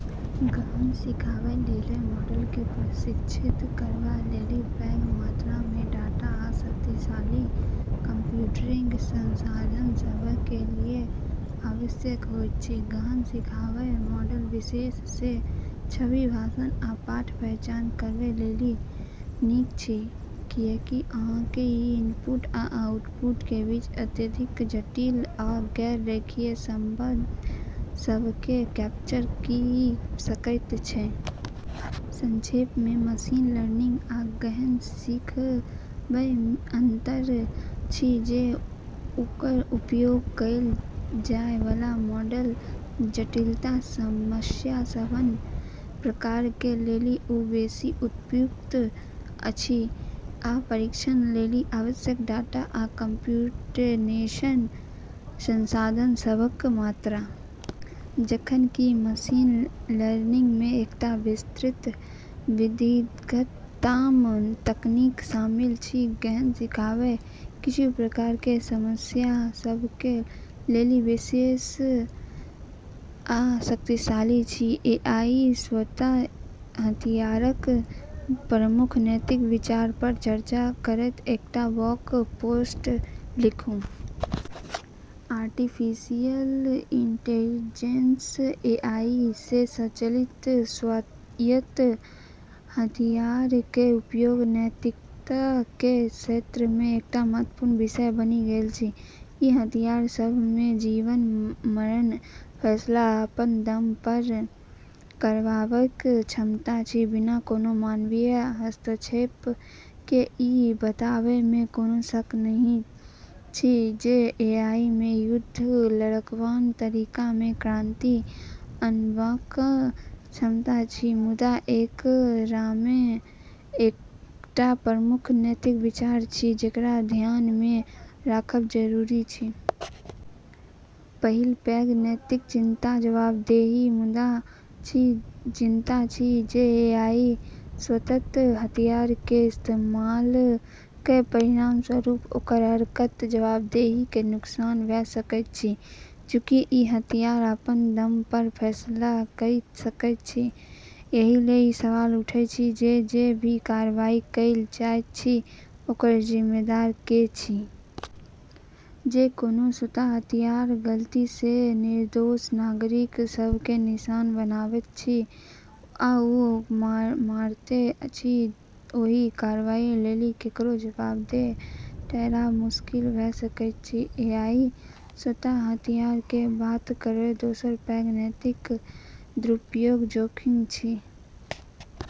गहन सिखबाक लेल मॉडलकेँ प्रशिक्षित करबा लेल पैघ मात्रामे डाटा आ शक्तिशाली कंप्यूटिंग संसाधन सभक आवश्यकता होइत अछि। गहन सिखबाक मॉडल विशेष रूप सँ छवि, भाषण आ पाठ पहचान करबा लेल नीक अछि, कियाकअहने ई इनपुट आ आउटपुटक बीच अत्यधिक जटिल आ गैर-रेखीय संबंध सभकेँ कैप्चर कइ सकैत अछि। संक्षेपमे, मशीन लर्निंग आ गहन सिखबामे अंतर अछि जे ओकर उपयोग कएल जाए बला मॉडलक जटिलता, समस्या सभक प्रकारक लेल ओ बेसी उपयुक्त अछि, आ प्रशिक्षण लेल आवश्यक डाटा आ कम्प्यूटेशनल संसाधन सभक मात्रा। जखन कि मशीन लर्निंगमे एकटा विस्तृत विविधताक तकनीक शामिल अछि, गहन सिखब किछु प्रकारक समस्या सभक लेल बेसी विशेष आ शक्तिशाली अछि। एआई स्वायत्त हथियारक प्रमुख नैतिक विचारपर चर्चा करैत एकटा ब्लॉग पोस्ट लिखू। आर्टिफिशियल इंटेलिजेंस (एआई) सँ संचालित स्वायत्त हथियारक प्रयोग नैतिकताक क्षेत्रमे एकटा महत्वपूर्ण विषय बनि गेल अछि। ई हथियार सभमे जीवन-मरणक फैसला अपन दमपर करबाक क्षमता अछि, बिना कोनो मानवीय हस्तक्षेप केँ। ई बातमे कोनो शक नहि अछि जे एआईमे युद्ध लड़बाक तरीकामे क्रांति आनबाक क्षमता अछि, मुदा एकरामे कएकटा प्रमुख नैतिक विचार अछि जेकरा ध्यानमे राखब जरूरी अछि। पहिल पैघ नैतिक चिंता जवाबदेहीक मुद्दा अछि। चिंता अछि जे एआई स्वायत्त हथियारक इस्तेमालक परिणामस्वरूप ओकर हरकतक जवाबदेहीक नुकसान भऽ सकैत अछि। चूँकि ई हथियार अपन दमपर फैसला कइ सकैत अछि, एहिलेल ई सवाल उठैत अछि जे जे भी कार्रवाई कएल जाइत अछि ओकर जिम्मेदार के अछि। जँ कोनो स्वायत्त हथियार गलतीसँ निर्दोष नागरिक सभकेँ निशाना बनाबैत अछि आ ओकरा मारैत अछि तँ ओही कार्रवाई लेल ककरो जवाबदेह ठहराएब मुश्किल भऽ सकैत अछि। एआई स्वायत्त हथियारक बात करलापर दोसर पैघ नैतिक विचार दुरुपयोगक जोखिम अछि।